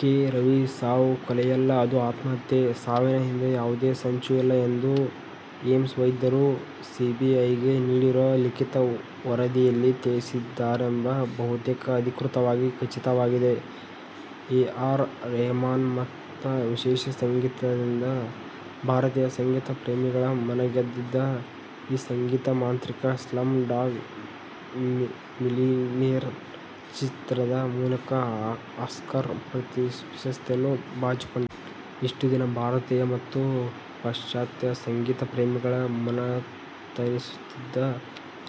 K. Ravi ಸಾವು ಕೊಲೆಯಲ್ಲ, ಅದು ಆತ್ಮಹತ್ಯೆ. ಸಾವಿನ ಹಿಂದೆ ಯಾವುದೇ ಸಂಚು ಇಲ್ಲ ಎಂದು ಏಮ್ಸ್ ವೈದ್ಯರು ಸಿಬಿಐಗೆ ನೀಡಿರುವ ಲಿಖಿತ ವರದಿಯಲ್ಲಿ ತಿಳಿಸಿದ್ದಾರೆಂದು ಬಹುತೇಕ ಅಧಿಕೃತವಾಗಿ ಖಚಿತವಾಗಿದೆ. ಎ. ಆರ್ ರೆಹಮಾನ್ತಮ್ಮ ವಿಶೇಷ ಸಂಗೀತದಿಂದ ಭಾರತೀಯ ಸಂಗೀತ ಪ್ರೇಮಿಗಳ ಮನಗೆದಿದ್ದ ಈ ಸಂಗೀತ ಮಾಂತ್ರಿಕ ಸ್ಲಂ ಡಾಗ್ ಮಿಲಿಯನೇರ್ ಚಿತ್ರದ ಮೂಲಕ ಆಸ್ಕರ್ ಪ್ರಶಸ್ತಿಯನ್ನು ಬಾಚಿಕೊಂಡರು. ಇಷ್ಟು ದಿನ ಭಾರತೀಯ ಮತ್ತು ಪಾಶ್ಚಾತ್ಯ ಸಂಗೀತ ಪ್ರೇಮಿಗಳ ಮನತಣಿಸಿಸುತ್ತಿದ್ದ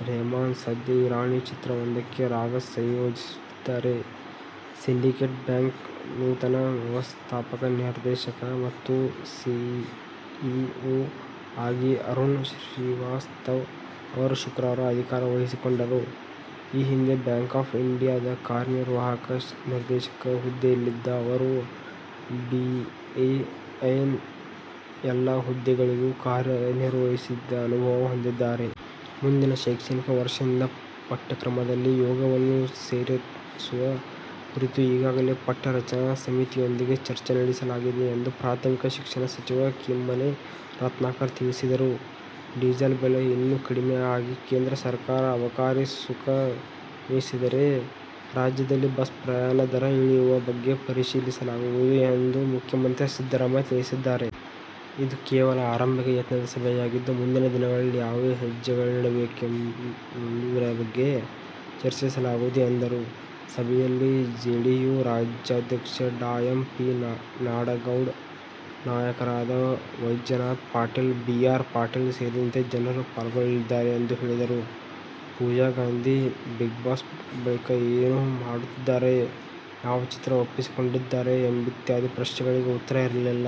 ರೆಹಮಾನ್ ಸದ್ಯ ಇರಾನಿ ಚಿತ್ರವೊಂದಕ್ಕೆ ರಾಗ ಸಂಯೋಜಿಸುತ್ತಿದ್ದಾರೆ. ಸಿಂಡಿಕೇಟ್ ಬ್ಯಾಂಕ್ನ ನೂತನ ವ್ಯವಸ್ಥಾಪಕ ನಿರ್ದೇಶಕ ಮತ್ತು ಸಿಇಓ ಆಗಿ ಅರುಣ್ ಶ್ರೀವಾಸ್ತವ ಅವರು ಶುಕ್ರವಾರ ಅಧಿಕಾರ ವಹಿಸಿಕೊಂಡರು. ಈ ಹಿಂದೆ ಬ್ಯಾಂಕ್ ಆಫ್ ಇಂಡಿಯಾ ದ ಕಾರ್ಯನಿರ್ವಾಹಕ ನಿರ್ದೇಶಕ ಹುದ್ದೆಯಲ್ಲಿದ್ದ ಅವರು ಬಿಓಐನ ಎಲ್ಲ ಹುದ್ದೆಗಳಲ್ಲೂ ಕಾರ್ಯನಿರ್ವಹಿಸಿದ ಅನುಭವ ಹೊಂದಿದ್ದಾರೆ. ಮುಂದಿನ ಶೈಕ್ಷಣಿಕ ವರ್ಷದಿಂದ ಪಠ್ಯಕ್ರಮದಲ್ಲಿ ಯೋಗವನ್ನು ಸೇರಿಸುವ ಕುರಿತು ಈಗಾಗಲೇ ಪಠ್ಯ ರಚನಾ ಸಮಿತಿಯೊಂದಿಗೆ ಚರ್ಚೆ ನಡೆಸಲಾಗಿದೆ ಎಂದು ಪ್ರಾಥಮಿಕ ಶಿಕ್ಷಣ ಸಚಿವ ಕಿಮ್ಮನೆ ರತ್ನಾಕರ ತಿಳಿಸಿದರು. ಡೀಸೆಲ್ ಬೆಲೆ ಇನ್ನೂ ಕಡಿಮೆ ಆಗಿ ಕೇಂದ್ರ ಸರ್ಕಾರ ಅಬಕಾರಿ ಸುಂಕ ಇಳಿಸಿದರೆ, ರಾಜ್ಯದಲ್ಲಿ ಬಸ್ ಪ್ರಯಾಣ ದರ ಇಳಿಸುವ ಬಗ್ಗೆ ಪರಿಶೀಲಿಸಲಾಗುವುದು ಎಂದು ಮುಖ್ಯ ಮಂತ್ರಿ ಸಿದ್ದರಾಮಯ್ಯ ತಿಳಿಸಿದ್ದಾರೆ. ಇದು ಕೇವಲ ಆರಂಭಿಕ ಯತ್ನದ ಸಭೆಯಾಗಿದ್ದು, ಮುಂದಿನ ದಿನಗಳಲ್ಲಿ ಯಾವ ಹೆಜ್ಜೆಗಳನ್ನಿಡಬೇಕು ಎಂಬುದರ ಬಗ್ಗೆ ಚರ್ಚಿಸಲಾಗುವುದು ಎಂದರು. ಸಭೆಯಲ್ಲಿ ಜೆಡಿಯು ರಾಜ್ಯಾಧ್ಯಕ್ಷ ಡಾ ಎಂ. ಪಿ. ನಾಡಗೌಡ, ನಾಯಕರಾದ ವೈಜನಾಥ ಪಾಟೀಲ, ಬಿ. ಆರ್. ಪಾಟೀಲ ಸೇರಿದಂತೆ ಜನರು ಪಾಲ್ಗೊಳ್ಳಲಿದ್ದಾರೆ ಎಂದು ಹೇಳಿದರು. ಪೂಜಾ ಗಾಂಧಿ, "ಬಿಗ್ಬಾಸ್' ಬಳಿಕ ಏನು ಮಾಡುತ್ತಿದ್ದಾರೆ, ಯಾವ ಚಿತ್ರ ಒಪ್ಪಿಕೊಂಡಿದ್ದಾರೆ ಎಂಬಿತ್ಯಾದಿ ಪ್ರಶ್ನೆಗಳಿಗೆ ಉತ್ತರ ಇರಲಿಲ್ಲ.